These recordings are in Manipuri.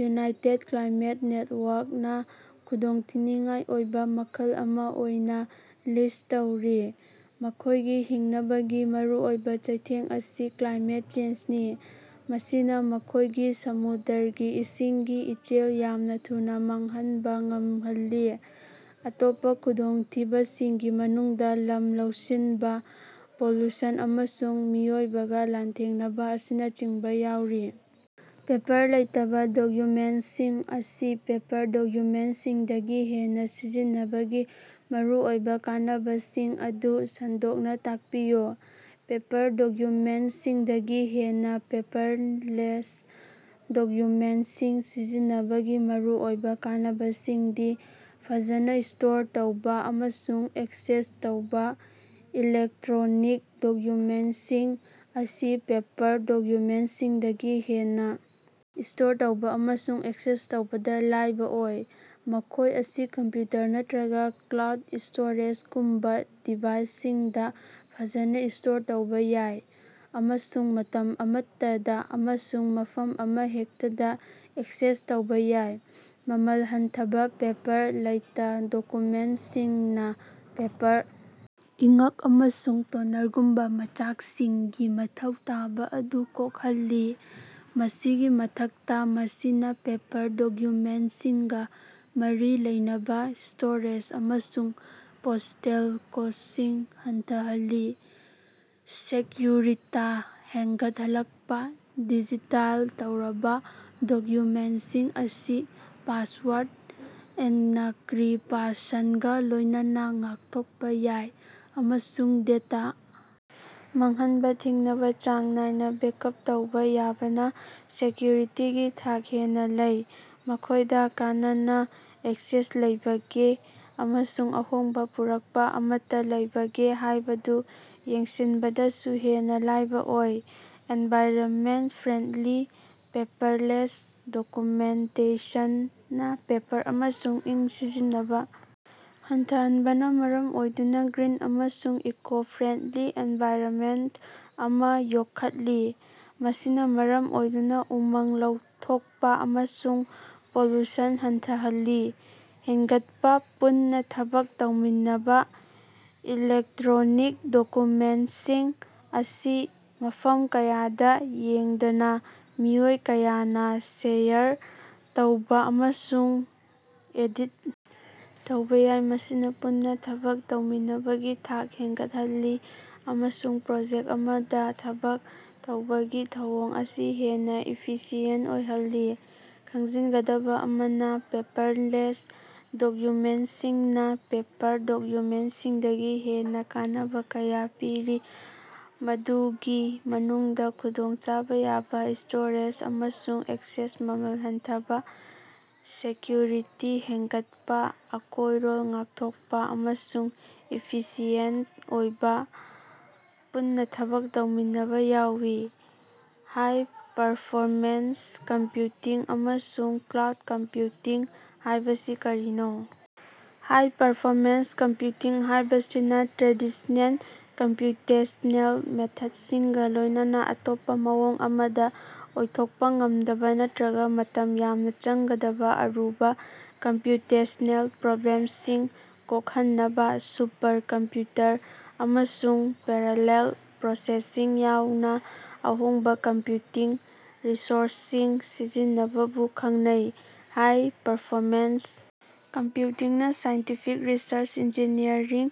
ꯌꯨꯅꯥꯏꯇꯦꯠ ꯀ꯭ꯂꯥꯏꯃꯦꯠ ꯅꯦꯠꯋꯥꯔꯛ ꯅ ꯈꯨꯗꯣꯡꯊꯤꯅꯤꯡꯉꯥꯏ ꯑꯣꯏꯕ ꯃꯈꯜ ꯑꯃ ꯑꯣꯏꯅ ꯂꯤꯁ꯭ꯠ ꯇꯧꯔꯤ꯫ ꯃꯈꯣꯏꯒꯤ ꯍꯤꯡꯅꯕꯒꯤ ꯃꯔꯨꯑꯣꯏꯕ ꯆꯩꯊꯦꯡ ꯑꯁꯤ ꯀ꯭ꯂꯥꯏꯃꯦꯠ ꯆꯦꯟꯖꯅꯤ꯫ ꯃꯁꯤꯅ ꯃꯈꯣꯏꯒꯤ ꯁꯃꯨꯗ꯭ꯔꯒꯤ ꯏꯁꯤꯡꯒꯤ ꯏꯆꯦꯜ ꯌꯥꯝꯅ ꯊꯨꯅ ꯃꯥꯡꯍꯟꯕ ꯉꯝꯍꯜꯂꯤ꯫ ꯑꯇꯣꯞꯄ ꯈꯨꯗꯣꯡꯊꯤꯕꯁꯤꯡꯒꯤ ꯃꯅꯨꯡꯗ ꯂꯝ ꯂꯧꯁꯤꯟꯕ, ꯄꯣꯂꯨꯁꯟ, ꯑꯃꯁꯨꯡ ꯃꯤꯑꯣꯏꯕꯒ ꯂꯥꯟꯊꯦꯡꯅꯕ ꯑꯁꯤꯅꯆꯤꯡꯕ ꯌꯥꯎꯔꯤ꯫। ꯄꯦꯄꯔ ꯂꯩꯇꯕ ꯗꯣꯛꯌꯨꯃꯦꯟꯇꯁꯤꯡ ꯑꯁꯤ ꯄꯦꯄꯔ ꯗꯣꯛꯌꯨꯃꯦꯟꯇꯁꯤꯡꯗꯒꯤ ꯍꯦꯟꯅ ꯁꯤꯖꯤꯟꯅꯕꯒꯤ ꯃꯔꯨꯑꯣꯏꯕ ꯀꯥꯟꯅꯕꯁꯤꯡ ꯑꯗꯨ ꯁꯟꯗꯣꯛꯅ ꯇꯥꯛꯄꯤꯌꯨ꯫ ꯄꯦꯄꯔ ꯗꯣꯛꯌꯨꯃꯦꯟꯇꯁꯤꯡꯗꯒꯤ ꯍꯦꯟꯅ ꯄꯦꯄꯔꯂꯦꯁ ꯗꯣꯛꯌꯨꯃꯦꯟꯇꯁꯤꯡ ꯁꯤꯖꯤꯟꯅꯕꯒꯤ ꯃꯔꯨꯑꯣꯏꯕ ꯀꯥꯟꯅꯕꯁꯤꯡꯗꯤ: ꯐꯖꯅ ꯁ꯭ꯇꯣꯔ ꯇꯧꯕ ꯑꯃꯁꯨꯡ ꯑꯦꯛꯁꯦꯁ ꯇꯧꯕ: ꯏꯂꯦꯛꯠꯔꯣꯅꯤꯛ ꯗꯣꯛꯌꯨꯃꯦꯟꯇꯁꯤꯡ ꯑꯁꯤ ꯄꯦꯄꯔ ꯗꯣꯛꯌꯨꯃꯦꯟꯇꯁꯤꯡꯗꯒꯤ ꯍꯦꯟꯅ ꯁ꯭ꯇꯣꯔ ꯇꯧꯕ ꯑꯃꯁꯨꯡ ꯑꯦꯛꯁꯦꯁ ꯇꯧꯕꯗ ꯂꯥꯏꯕ ꯑꯣꯏ꯫ ꯃꯈꯣꯏ ꯑꯁꯤ ꯀꯝꯄ꯭ꯌꯨꯇꯔ ꯅꯠꯇ꯭ꯔꯒ ꯀ꯭ꯂꯥꯎꯗ ꯁ꯭ꯇꯣꯔꯦꯖꯒꯨꯝꯕ ꯗꯤꯚꯥꯏꯁꯁꯤꯡꯗ ꯐꯖꯅ ꯁ꯭ꯇꯣꯔ ꯇꯧꯕ ꯌꯥꯏ꯫ ꯑꯃꯁꯨꯡ ꯃꯇꯝ ꯑꯃꯠꯇꯗ ꯑꯃꯁꯨꯡ ꯃꯐꯝ ꯑꯃꯍꯦꯛꯇꯗ ꯑꯦꯛꯁꯦꯁ ꯇꯧꯕ ꯌꯥꯏ꯫ ꯃꯃꯜ ꯍꯟꯊꯕ: ꯄꯦꯄꯔ ꯂꯩꯇ ꯗꯣꯀꯨꯃꯦꯟꯇꯁꯤꯡꯅ ꯄꯦꯄꯔ, ꯏꯉ꯭ꯛ, ꯑꯃꯁꯨꯡ ꯇꯣꯅꯔꯒꯨꯝꯕ ꯃꯆꯥꯛꯁꯤꯡꯒꯤ ꯃꯊꯧ ꯇꯥꯕ ꯑꯗꯨ ꯀꯣꯛꯍꯜꯂꯤ꯫ ꯃꯁꯤꯒꯤ ꯃꯊꯛꯇ ꯃꯁꯤꯅ ꯄꯦꯄꯔ ꯗꯣꯛꯌꯨꯃꯦꯟꯇꯁꯤꯡꯒ ꯃꯔꯤ ꯂꯩꯅꯕ ꯁ꯭ꯇꯣꯔꯦꯖ ꯑꯃꯁꯨꯡ ꯄꯣꯁ꯭ꯇꯦꯜ ꯀꯣꯁ꯭ꯇꯁꯤꯡ ꯍꯟꯊꯍꯜꯂꯤ꯫ ꯁꯦꯛꯌꯨꯔꯤꯇꯤ ꯍꯦꯅꯒꯠꯂꯛꯄ: ꯗꯤꯖꯤꯇꯥꯏꯖ ꯇꯧꯔꯕ ꯗꯣꯛꯌꯨꯃꯦꯟꯇꯁꯤꯡ ꯑꯁꯤ ꯄꯥꯁꯋꯥꯔꯗ, ꯑꯦꯅꯀꯔꯤꯄꯁꯟꯒ ꯂꯣꯏꯅꯅ ꯉꯥꯛꯊꯣꯛꯄ ꯌꯥꯏ ꯫ꯑꯃꯁꯨꯡ ꯗꯦꯇꯥ ꯃꯥꯡꯍꯟꯕ ꯊꯤꯡꯅꯕ ꯆꯥꯡ ꯅꯥꯏꯅ ꯕꯦꯀꯑꯞ ꯇꯧꯕ ꯌꯥꯕꯅ ꯁꯦꯀ꯭ꯌꯨꯔꯤꯇꯤꯒꯤ ꯊꯥꯛ ꯍꯦꯟꯅ ꯂꯩ꯫ ꯃꯈꯣꯢꯗ ꯀꯅꯥꯅ ꯑꯦꯛꯁꯦꯁ ꯂꯩꯕꯒꯦ ꯑꯃꯁꯨꯡ ꯑꯍꯣꯡꯕ ꯄꯨꯔꯛꯄ ꯑꯃꯠꯇ ꯂꯩꯕꯒꯦ ꯍꯥꯏꯕꯗꯨ ꯌꯦꯡꯁꯤꯟꯕꯗꯁꯨ ꯍꯦꯟꯅ ꯂꯥꯏꯕ ꯑꯣꯏ꯫ ꯑꯦꯅꯚꯥꯏꯔꯅꯃꯦꯟꯇ ꯐ꯭ꯔꯦꯟꯗꯂꯤ: ꯄꯦꯄꯔꯂꯦꯁ ꯗꯣꯀꯨꯃꯦꯟꯇꯦꯁꯅꯅ ꯄꯦꯄꯔ ꯑꯃꯁꯨꯡ ꯏꯪ ꯁꯤꯖꯤꯟꯅꯕ ꯍꯟꯊꯍꯟꯕꯅ ꯃꯔꯝ ꯑꯣꯏꯗꯨꯅ ꯒ꯭ꯔꯤꯟ ꯑꯃꯁꯨꯡ ꯏꯀꯣ-ꯐ꯭ꯔꯦꯟꯗꯂꯤ ꯑꯦꯅꯚꯥꯏꯔꯅꯃꯦꯟꯇ ꯑꯃꯥ ꯌꯣꯛꯈꯠꯂꯤ꯫ ꯃꯁꯤꯅ ꯃꯔꯝ ꯑꯣꯏꯗꯨꯅ ꯎꯃꯪ ꯂꯧꯊꯣꯛꯄ ꯑꯃꯁꯨꯡ ꯄꯣꯂꯨꯁꯟ ꯍꯟꯊꯍꯜꯂꯤ꯫ ꯍꯦꯟꯒꯠꯄ ꯄꯨꯟꯅ ꯊꯕꯛ ꯇꯧꯃꯤꯟꯅꯕ: ꯏꯂꯦꯛꯇ꯭ꯔꯣꯅꯤꯛ ꯗꯣꯀꯨꯃꯦꯟꯇꯁꯤꯡ ꯑꯁꯤ ꯃꯐꯝ ꯀꯌꯥꯗ ꯌꯦꯡꯗꯅ ꯃꯤꯑꯣꯏ ꯀꯌꯥꯅ ꯁꯦꯌꯔ ꯇꯧꯕ ꯑꯃꯁꯨꯡ ꯑꯦꯗꯤꯠ ꯇꯧꯕ ꯌꯥꯏ꯫ ꯃꯁꯤꯅ ꯄꯨꯟꯅ ꯊꯕꯛ ꯇꯧꯃꯤꯟꯅꯕꯒꯤ ꯊꯥꯛ ꯍꯦꯟꯒꯠꯍꯜꯂꯤ ꯑꯃꯁꯨꯡ ꯄ꯭ꯔꯣꯖꯦꯛꯇ ꯑꯃꯗ ꯊꯕꯛ ꯇꯧꯕꯒꯤ ꯊꯧꯑꯣꯡ ꯑꯁꯤ ꯍꯦꯟꯅ ꯏꯐꯤꯁꯤꯌꯦꯟꯇ ꯑꯣꯏꯍꯜꯂꯤ꯫ ꯈꯪꯖꯤꯟꯒꯗꯕ ꯑꯃꯅ, ꯄꯦꯄꯔꯂꯦꯁ ꯗꯣꯛꯌꯨꯃꯦꯟꯇꯁꯤꯡꯅꯥ ꯄꯦꯄꯔ ꯗꯣꯛꯌꯨꯃꯦꯟꯇꯁꯤꯡꯗꯒꯤ ꯍꯦꯟꯅ ꯀꯥꯟꯅꯕ ꯀꯌꯥ ꯄꯤꯔꯤ꯫ ꯃꯗꯨꯒꯤ ꯃꯅꯨꯡꯗ ꯈꯨꯗꯣꯡꯆꯥꯕ ꯌꯥꯕ ꯁ꯭ꯇꯣꯔꯦꯖ ꯑꯃꯁꯨꯡ ꯑꯦꯛꯁꯦꯁ, ꯃꯃꯜ ꯍꯟꯊꯕꯥ, ꯁꯦꯀ꯭ꯌꯨꯔꯤꯇꯤ ꯍꯦꯟꯒꯠꯄꯥ, ꯑꯀꯣꯏꯔꯣꯟ ꯉꯥꯛꯊꯣꯛꯄ, ꯑꯃꯁꯨꯡ ꯏꯐꯤꯁꯤꯑꯦꯟꯇ ꯑꯣꯏꯕ ꯄꯨꯟꯅ ꯊꯕꯛ ꯇꯧꯃꯤꯟꯅꯕ ꯌꯥꯎꯏ꯫ ꯍꯥꯏ-ꯄꯥꯔꯐꯣꯔꯃꯦꯟꯁ ꯀꯝꯄ꯭ꯌꯨꯇꯤꯡ ꯑꯃꯁꯨꯡ ꯀ꯭ꯂꯥꯎꯗ ꯀꯝꯄ꯭ꯌꯨꯇꯤꯡ ꯍꯥꯌꯕꯁꯤ ꯀꯔꯤꯅꯣ? ꯍꯥꯏ-ꯄꯥꯔꯐꯣꯔꯃꯦꯟꯁ ꯀꯝꯞꯌꯨꯇꯤꯡ ꯍꯥꯢꯕꯁꯤꯅ ꯇ꯭ꯔꯦꯗꯤꯁꯅꯦꯜ ꯀꯝꯄ꯭ꯌꯨꯇꯦꯁꯅꯦꯜ ꯃꯦꯊꯗꯁꯤꯡꯒꯥ ꯂꯣꯏꯅꯅ ꯑꯇꯣꯞꯄ ꯃꯑꯣꯡ ꯑꯃꯗ ꯑꯣꯏꯊꯣꯛꯄ ꯉꯝꯗꯕ ꯅꯠꯇ꯭ꯔꯒ ꯃꯇꯝ ꯌꯥꯝꯅ ꯆꯪꯒꯗꯕ ꯑꯔꯨꯕ ꯀꯝꯄ꯭ꯌꯨꯇꯦꯁꯅꯦꯜ ꯄ꯭ꯔꯣꯕ꯭ꯂꯦꯝꯁꯤꯡ ꯀꯣꯛꯍꯟꯅꯕ ꯁꯨꯄꯔ ꯀꯝꯄ꯭ꯨꯌꯇꯔ ꯑꯃꯁꯨꯡ ꯄꯦꯔꯥꯂꯦꯜ ꯄ꯭ꯔꯣꯁꯦꯁꯤꯡ ꯌꯥꯎꯅ ꯑꯍꯣꯡꯕ ꯀꯝꯄ꯭ꯌꯨꯇꯤꯡ ꯔꯤꯁꯣꯔꯁꯁꯤꯡ ꯁꯤꯖꯤꯟꯅꯕꯕꯨ ꯈꯪꯅꯩ꯫ ꯍꯥꯏ ꯄꯔꯐꯣꯃꯦꯟꯁ ꯀꯝꯄ꯭ꯌꯨꯇꯤꯡ ꯅꯥ ꯁꯥꯏꯟꯇꯤꯐꯤꯛ ꯔꯤꯁꯔꯆ, ꯏꯟꯖꯤꯅꯤꯌꯔꯤꯡ,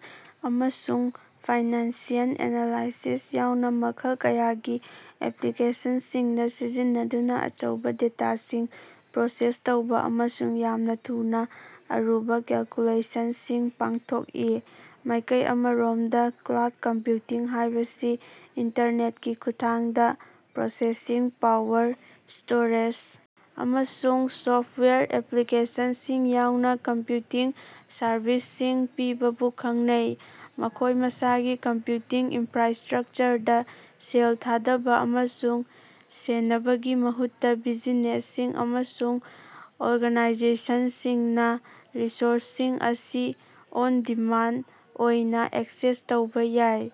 ꯑꯃꯁꯨꯡ ꯐꯥꯏꯅꯥꯟꯁꯤꯑꯦꯜ ꯑꯦꯅꯥꯂꯥꯏꯁꯤꯁ ꯌꯥꯎꯅ ꯃꯈꯜ ꯀꯌꯥꯒꯤ ꯑꯦꯞꯂꯤꯀꯦꯁꯟꯁꯤꯡꯗ ꯁꯤꯖꯤꯟꯅꯗꯨꯅ ꯑꯆꯧꯕ ꯗꯦꯇꯥꯁꯤꯡ ꯄ꯭ꯔꯣꯁꯦꯁ ꯇꯧꯕ ꯑꯃꯁꯨꯡ ꯌꯥꯝꯅ ꯊꯨꯅ ꯑꯔꯨꯕ ꯀꯦꯜꯀꯨꯂꯦꯁꯟꯁꯤꯡ ꯄꯥꯡꯊꯣꯛꯏ꯫ ꯃꯥꯏꯀꯩ ꯑꯃꯔꯣꯝꯗ, ꯀ꯭ꯂꯥꯎꯗ ꯀꯝꯄ꯭ꯌꯨꯇꯤꯡ ꯍꯥꯏꯕꯁꯤ ꯏꯟꯇꯔꯅꯦꯠꯀꯤ ꯈꯨꯠꯊꯥꯡꯗ ꯄ꯭ꯔꯣꯁꯦꯁꯤꯡ ꯄꯥꯋꯔ, ꯁ꯭ꯇꯣꯔꯦꯖ, ꯑꯃꯁꯨꯡ ꯁꯣꯐꯇꯋꯥꯌꯔ ꯑꯦꯞꯂꯤꯀꯦꯁꯟꯁꯤꯡ ꯌꯥꯎꯅ ꯀꯝꯄ꯭ꯌꯨꯇꯤꯡ ꯁꯔꯚꯤꯁꯁꯤꯡ ꯄꯤꯕꯕꯨ ꯈꯪꯅꯩ꯫ ꯃꯈꯣꯏ ꯃꯁꯥꯒꯤ ꯀꯝꯄ꯭ꯌꯨꯇꯤꯡ ꯏꯟꯐ꯭ꯔꯥꯁ꯭ꯇꯔꯛꯆꯔꯗ ꯁꯦꯜ ꯊꯥꯗꯕ ꯑꯃꯁꯨꯡ ꯁꯦꯟꯅꯕꯒꯤ ꯃꯍꯨꯠꯇ ꯕꯤꯖꯤꯅꯦꯁꯁꯤꯡ ꯑꯃꯁꯨꯡ ꯑꯣꯔꯒꯅꯥꯏꯖꯦꯁꯟꯁꯤꯡꯅ ꯔꯤꯁꯣꯔꯁꯁꯤꯡ ꯑꯁꯤ ꯑꯣꯟ-ꯗꯤꯃꯥꯟꯗ ꯑꯣꯏꯅ ꯑꯦꯛꯁꯦꯁ ꯇꯧꯕ ꯌꯥꯏ꯫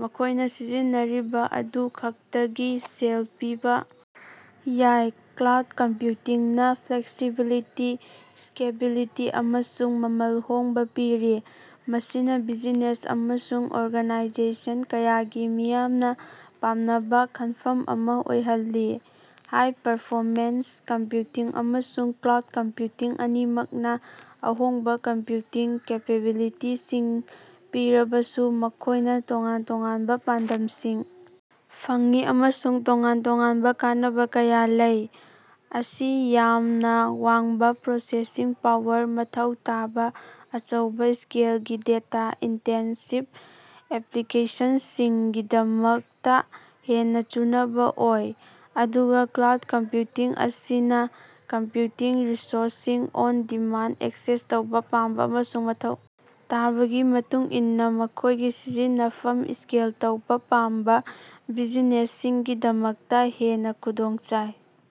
ꯃꯈꯣꯏꯅ ꯁꯤꯖꯤꯟꯅꯔꯤꯕ ꯑꯗꯨ ꯈꯛꯇꯒꯤ ꯁꯦꯜ ꯄꯤꯕ ꯌꯥꯏ꯫ ꯀ꯭ꯂꯥꯎꯗ ꯀꯝꯄ꯭ꯌꯨꯇꯤꯡꯅ ꯐ꯭ꯂꯦꯛꯁꯤꯕꯤꯂꯤꯇꯤ, ꯁ꯭ꯀꯦꯂꯦꯕꯤꯂꯤꯇꯤ, ꯑꯃꯁꯨꯡ ꯃꯃꯜ ꯍꯣꯡꯕ ꯄꯤꯔꯤ꯫ ꯃꯁꯤꯅ ꯕꯤꯖꯤꯅꯦꯁ ꯑꯃꯁꯨꯡ ꯑꯣꯔꯒꯅꯥꯏꯖꯦꯁꯟ ꯀꯌꯥꯒꯤ ꯃꯤꯌꯥꯝꯅ ꯄꯥꯝꯅꯕ ꯈꯟꯐꯝ ꯑꯃ ꯑꯣꯏꯍꯜꯂꯤ꯫ ꯍꯥꯏ-ꯄꯥꯔꯐꯣꯔꯃꯦꯟꯁ ꯀꯝꯞꯌꯨꯇꯤꯡ ꯑꯃꯁꯨꯡ ꯀ꯭ꯂꯥꯎꯗ ꯀꯝꯞꯌꯨꯇꯤꯡ ꯑꯅꯤꯃꯛꯅ ꯑꯍꯣꯡꯕ ꯀꯝꯞꯌꯨꯇꯤꯡ ꯀꯦꯄꯦꯕꯤꯂꯤꯇꯤꯁꯤꯡ ꯄꯤꯔꯕꯁꯨ ꯃꯈꯣꯏꯅ ꯇꯣꯉꯥꯟ ꯇꯣꯉꯥꯟꯕ ꯄꯥꯟꯗꯝꯁꯤꯡ ꯐꯪꯏ꯫ ꯑꯃꯁꯨꯡ ꯇꯣꯉꯥꯟ ꯇꯣꯉꯥꯟꯕ ꯀꯥꯟꯅꯕ ꯀꯌꯥ ꯂꯩ꯫ ꯑꯁꯤ ꯌꯥꯝꯅ ꯋꯥꯡꯕ ꯄ꯭ꯔꯣꯁꯦꯁꯤꯡ ꯄꯥꯋꯔ ꯃꯊꯧ ꯇꯥꯕ ꯑꯆꯧꯕ ꯁ꯭ꯀꯦꯜꯒꯤ, ꯗꯦꯇꯥ-ꯏꯟꯇꯦꯟꯁꯤꯚ ꯑꯦꯞꯂꯤꯀꯦꯁꯟꯁꯤꯡꯒꯤꯗꯃꯛꯇ ꯍꯦꯟꯅ ꯆꯨꯅꯕ ꯑꯣꯏ꯫ ꯑꯗꯨꯒ ꯀ꯭ꯂꯥꯎꯗ ꯀꯝꯄ꯭ꯌꯨꯇꯤꯡ ꯑꯁꯤꯅ ꯀꯝꯄ꯭ꯌꯨꯇꯤꯡ ꯔꯤꯁꯣꯔꯁꯁꯤꯡ ꯑꯣꯟ-ꯗꯤꯃꯥꯟꯗ ꯑꯦꯛꯁꯦꯁ ꯇꯧꯕ ꯄꯥꯝꯕ ꯑꯃꯁꯨꯡ ꯃꯊꯧ ꯇꯥꯕꯒꯤ ꯃꯇꯨꯡꯏꯟꯅ ꯃꯈꯣꯢꯒꯤ ꯁꯤꯖꯤꯟꯅꯐꯝ ꯁ꯭ꯀꯦꯜ ꯇꯧꯕ ꯄꯥꯝꯕ ꯕꯤꯖꯤꯅꯦꯁꯁꯤꯡꯒꯤꯗꯃꯛꯇ ꯍꯦꯟꯅ ꯈꯨꯗꯣꯡꯆꯥꯏ꯫